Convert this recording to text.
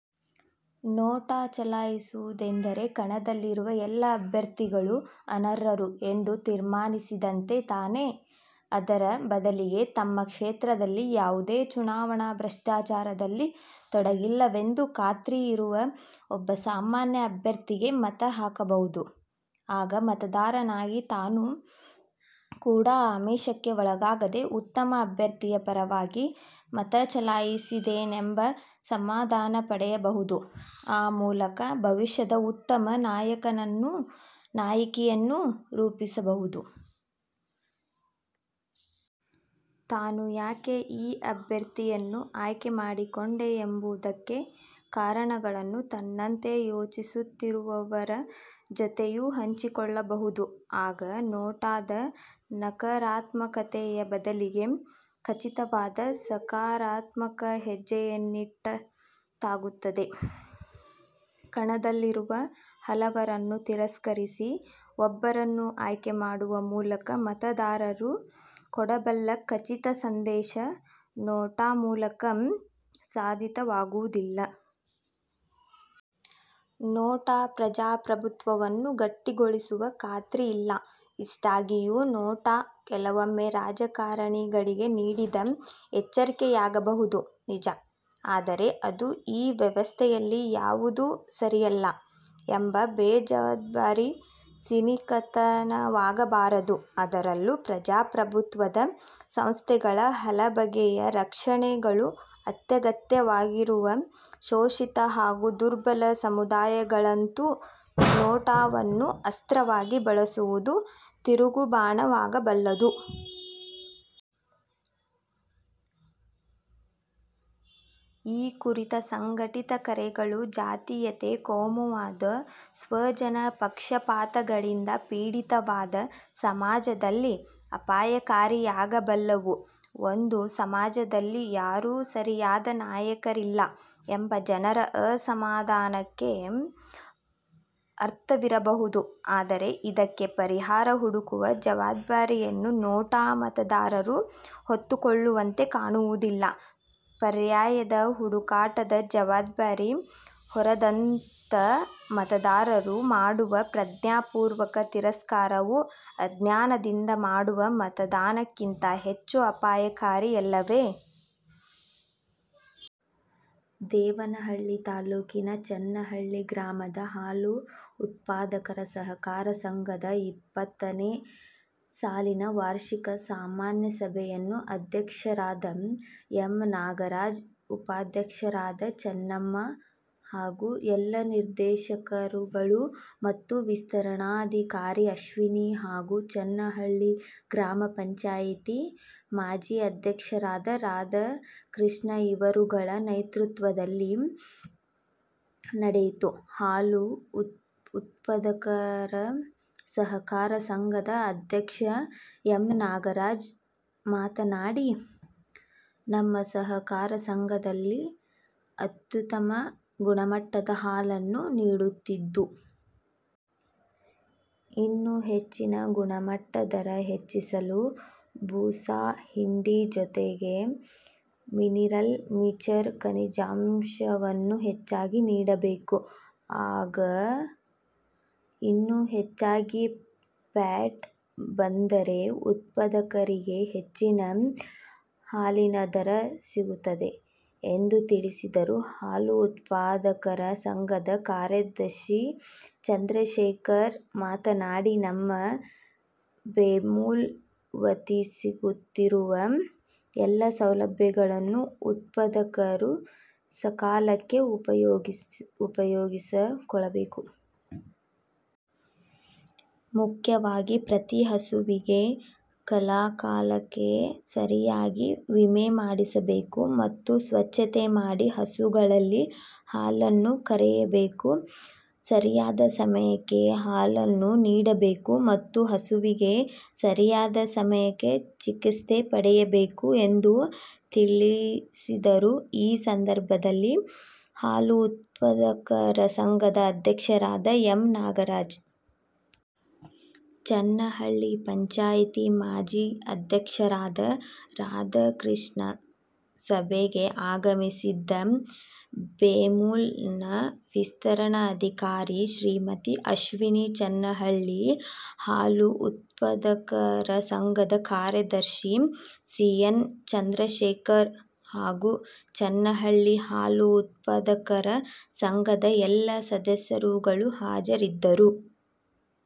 'NOTA' ಚಲಾಯಿಸುವುದೆಂದರೆ, ಕಣದಲ್ಲಿರುವ ಎಲ್ಲ ಅಭ್ಯರ್ಥಿಗಳೂ ಅನರ್ಹರು ಎಂದು ತೀರ್ಮಾನಿಸಿದಂತೆ ತಾನೆ? ಅದರ ಬದಲಿಗೆ, ತಮ್ಮ ಕ್ಷೇತ್ರದಲ್ಲಿ ಯಾವುದೇ ಚುನಾವಣಾ ಭ್ರಷ್ಟಾಚಾರದಲ್ಲಿ ತೊಡಗಿಲ್ಲವೆಂದು ಖಾತ್ರಿಯಿರುವ ಒಬ್ಬ ಸಾಮಾನ್ಯ ಅಭ್ಯರ್ಥಿಗೇ ಮತ ಹಾಕಬಹುದು. ಆಗ ಮತದಾರನಾಗಿ ತಾನು ಕೂಡ ಆಮಿಷಕ್ಕೆ ಒಳಗಾಗದೆ ಉತ್ತಮ ಅಭ್ಯರ್ಥಿಯ ಪರವಾಗಿ ಮತ ಚಲಾಯಿಸಿದೆನೆಂಬ ಸಮಾಧಾನಪಡೆಯಬಹುದು; ಆ ಮೂಲಕ ಭವಿಷ್ಯದ ಉತ್ತಮ ನಾಯಕನನ್ನೋ, ನಾಯಕಿಯನ್ನೋ ರೂಪಿಸಬಹುದು. ತಾನು ಯಾಕೆ ಈ ಅಭ್ಯರ್ಥಿಯನ್ನು ಆಯ್ಕೆ ಮಾಡಿಕೊಂಡೆ ಎಂಬುದಕ್ಕೆ ಕಾರಣಗಳನ್ನು ತನ್ನಂತೆ ಯೋಚಿಸುತ್ತಿರುವವರ ಜೊತೆಯೂ ಹಂಚಿಕೊಳ್ಳಬಹುದು. ಆಗ 'ನೋಟಾ'ದ ನಕರಾತ್ಮಕತೆಯ ಬದಲಿಗೆ ಖಚಿತವಾದ ಸಕಾರಾತ್ಮಕ ಹೆಜ್ಜೆಯನ್ನಿಟ್ಟಂತಾಗುತ್ತದೆ. ಕಣದಲ್ಲಿರುವ ಹಲವರನ್ನು ತಿರಸ್ಕರಿಸಿ, ಒಬ್ಬರನ್ನು ಆಯ್ಕೆ ಮಾಡುವ ಮೂಲಕ ಮತದಾರರು ಕೊಡಬಲ್ಲ ಖಚಿತ ಸಂದೇಶ 'ನೋಟಾ' ಮೂಲಕ ಸಾಧಿತವಾಗುವುದಿಲ್ಲ. 'ನೋಟಾ' ಪ್ರಜಾಪ್ರಭುತ್ವವನ್ನು ಗಟ್ಟಿಗೊಳಿಸುವ ಖಾತ್ರಿಯಿಲ್ಲ. ಇಷ್ಟಾಗಿಯೂ, 'ನೋಟಾ' ಕೆಲವೊಮ್ಮೆ ರಾಜಕಾರಣಿಗಳಿಗೆ ನೀಡಿದ ಎಚ್ಚರಿಕೆಯಾಗಬಹುದು, ನಿಜ. ಆದರೆ ಅದು 'ಈ ವ್ಯವಸ್ಥೆಯಲ್ಲಿ ಯಾವುದೂ ಸರಿಯಲ್ಲ' ಎಂಬ ಬೇಜವಾಬ್ದಾರಿ ಸಿನಿಕತನವಾಗಬಾರದು. ಅದರಲ್ಲೂ, ಪ್ರಜಾಪ್ರಭುತ್ವದ ಸಂಸ್ಥೆಗಳ ಹಲಬಗೆಯ ರಕ್ಷಣೆಗಳು ಅತ್ಯಗತ್ಯವಾಗಿರುವ ಶೋಷಿತ ಹಾಗೂ ದುರ್ಬಲ ಸಮುದಾಯಗಳಂತೂ 'ನೋಟಾ'ವನ್ನು ಅಸ್ತ್ರವಾಗಿ ಬಳಸುವುದು ತಿರುಗುಬಾಣವಾಗಬಲ್ಲದು. ಈ ಕುರಿತ ಸಂಘಟಿತ ಕರೆಗಳು ಜಾತೀಯತೆ, ಕೋಮುವಾದ, ಸ್ವಜನಪಕ್ಷಪಾತಗಳಿಂದ ಪೀಡಿತವಾದ ಸಮಾಜದಲ್ಲಿ ಅಪಾಯಕಾರಿಯಾಗಬಲ್ಲವು. ಒಂದು ಸಮಾಜದಲ್ಲಿ ಯಾರೂ ಸರಿಯಾದ ನಾಯಕರಿಲ್ಲ ಎಂಬ ಜನರ ಅಸಮಾಧಾನಕ್ಕೆ ಅರ್ಥವಿರಬಹುದು. ಆದರೆ ಇದಕ್ಕೆ ಪರಿಹಾರ ಹುಡುಕುವ ಜವಾಬ್ದಾರಿಯನ್ನು 'ನೋಟಾ' ಮತದಾರರು ಹೊತ್ತುಕೊಳ್ಳುವಂತೆ ಕಾಣುವುದಿಲ್ಲ. ಪರ್ಯಾಯದ ಹುಡುಕಾಟದ ಜವಾಬ್ದಾರಿ ಹೊರದಂಥ ಮತದಾರರು ಮಾಡುವ ಪ್ರಜ್ಞಾಪೂರ್ವಕ ತಿರಸ್ಕಾರವು ಅಜ್ಞಾನದಿಂದ ಮಾಡುವ ಮತದಾನಕ್ಕಿಂತ ಹೆಚ್ಚು ಅಪಾಯಕಾರಿಯಲ್ಲವೇ? ದೇವನಹಳ್ಳಿ ತಾಲ್ಲೂಕಿನ ಚನ್ನಹಳ್ಳಿ ಗ್ರಾಮದ ಹಾಲು ಉತ್ಪಾದಕರ ಸಹಕಾರ ಸಂಘದ ಇಪ್ಪತ್ತನೇ ಸಾಲಿನ ವಾರ್ಷಿಕ ಸಾಮಾನ್ಯ ಸಭೆಯನ್ನು ಅಧ್ಯಕ್ಷರಾದ ಎಮ್ ನಾಗರಾಜ್. ಉಪಾಧ್ಯಕ್ಷರಾದ ಚನ್ನಮ್ಮ. ಹಾಗು ಎಲ್ಲ ನಿರ್ದೇಶಕರುಗಳು ಮತ್ತು ವಿಸ್ತರಣಾಧಿಕಾರಿ ಅಶ್ವಿನಿ ಹಾಗು ಚನ್ನಹಳ್ಳಿ ಗ್ರಾಮಪಂಚಾಯಿತಿ ಮಾಜಿ ಅಧ್ಯಕ್ಷರಾದ ರಾಧಕೃಷ್ಣ ಇವರುಗಳ ನೇತೃತ್ವದಲ್ಲಿ ನಡೆಯಿತು ಹಾಲು ಉತ್ಪದಕರ ಸಹಕಾರ ಸಂಘದ ಅಧ್ಯಕ್ಷ ಎಮ್ ನಾಗಾರಾಜ್ ಮಾತನಾಡಿ ನಮ್ಮ ಸಹಕಾರ ಸಂಘದಲ್ಲಿ ಅತ್ಯುತಮ ಗುಣಮಟ್ಟದ ಹಾಲನ್ನು ನೀಡುತ್ತಿದ್ದು. ಇನ್ನು ಹೆಚ್ಚಿನ ಗುಣಮಟ್ಟ ಧರ ಹೆಚ್ಚಿಸಲು ಬೂಸಾ ಹಿಂಡಿ ಜೊತೆಗೆ ಮಿನಿರಲ್ ಮಿಚರ್ ಕನಿಜಾಂಶವನ್ನು ಹೆಚ್ಚಾಗಿ ನೀಡಬೇಕು ಹಾಗ ಇನ್ನು ಹೆಚ್ಚಾಗಿ ಪ್ಯಾಟ್ ಬಂದ್ದರೆ ಉತ್ಪದಕರಿಗೆ ಹೆಚ್ಚಿನ ಹಾಲಿನ ಧರ ಸಿಗುತದೆ ಎಂದು ತಿಳಿಸಿದರು ಹಾಲು ಉತ್ಪಾದಕರ ಸಂಘದ ಕಾರ್ಯದಶಿ ಚಂದ್ರಶೇಖರ್ ಮಾತನಾಡಿ ನಮ್ಮ ಬೆಮೂಲ್ ವತಿ ಸಿಗುತ್ತಿರುವ ಎಲ್ಲ ಸೌಲಭ್ಯಗಳನ್ನು ಉತ್ಪದಕರು ಸಕಾಲಕ್ಕೆ ಉಪಯೋಗಿಸಕೊಳಬೇಕು. ಮುಖ್ಯವಾಗಿ ಪ್ರತಿ ಹಸುವಿಗೆ ಕಲಾಕಾಲಕೆ ಸರಿಯಾಗಿ ವಿಮೆಮಾಡಿಸ ಬೇಕು ಮತ್ತು ಸ್ವಚ್ಛತೆ ಮಾಡಿ ಹಸುಗಳಲ್ಲಿ ಹಾಲನ್ನು ಕರೆಯಬೇಕು ಸರಿಯಾದ ಸಮಯಕೆ ಹಾಲನ್ನು ನೀಡಬೇಕು ಮತ್ತು ಹಸುವಿಗೆ ಸರಿಯಾದ ಸಮಯಕೆ ಚಿಕಿತ್ಸೆ ಪಡೆಯಬೇಕು ಎಂದು ತಿಳ್ಳಿಸಿದರು ಈ ಸಂದರ್ಭದಲ್ಲಿ ಹಾಲು ಉತ್ಪದಕರ ಸಂಘದ ಅಧ್ಯಕ್ಷರಾದ ಎಮ್ ನಾಗರಾಜ್. ಚನ್ನಹಳ್ಳಿ ಪಂಚಾಯಿತಿ ಮಾಜಿ ಅಧ್ಯಕ್ಷರಾದ ರಾಧಕೃಷ್ಣ. ಸಭೆಗೆ ಆಗಮಿಸಿದ್ದ ಬೆಮೂಲ್ ನ ವಿಸ್ತರಣ ಅಧಿಕಾರಿ ಶ್ರೀಮತಿ ಅಶ್ವಿನಿ. ಚನ್ನಹಳ್ಳಿ ಹಾಲು ಉತ್ಪದಕರ ಸಂಘದ ಕಾರ್ಯದರ್ಶಿ ಸಿ ಎನ್ ಚಂದ್ರಶೇಖರ್ ಹಾಗು ಚನ್ನಹಳ್ಳಿ ಹಾಲು ಉತ್ಪದಕರ ಸಂಘದ ಎಲ್ಲ ಸದಸ್ಯರುಗಳು ಹಾಜರಿದ್ದರು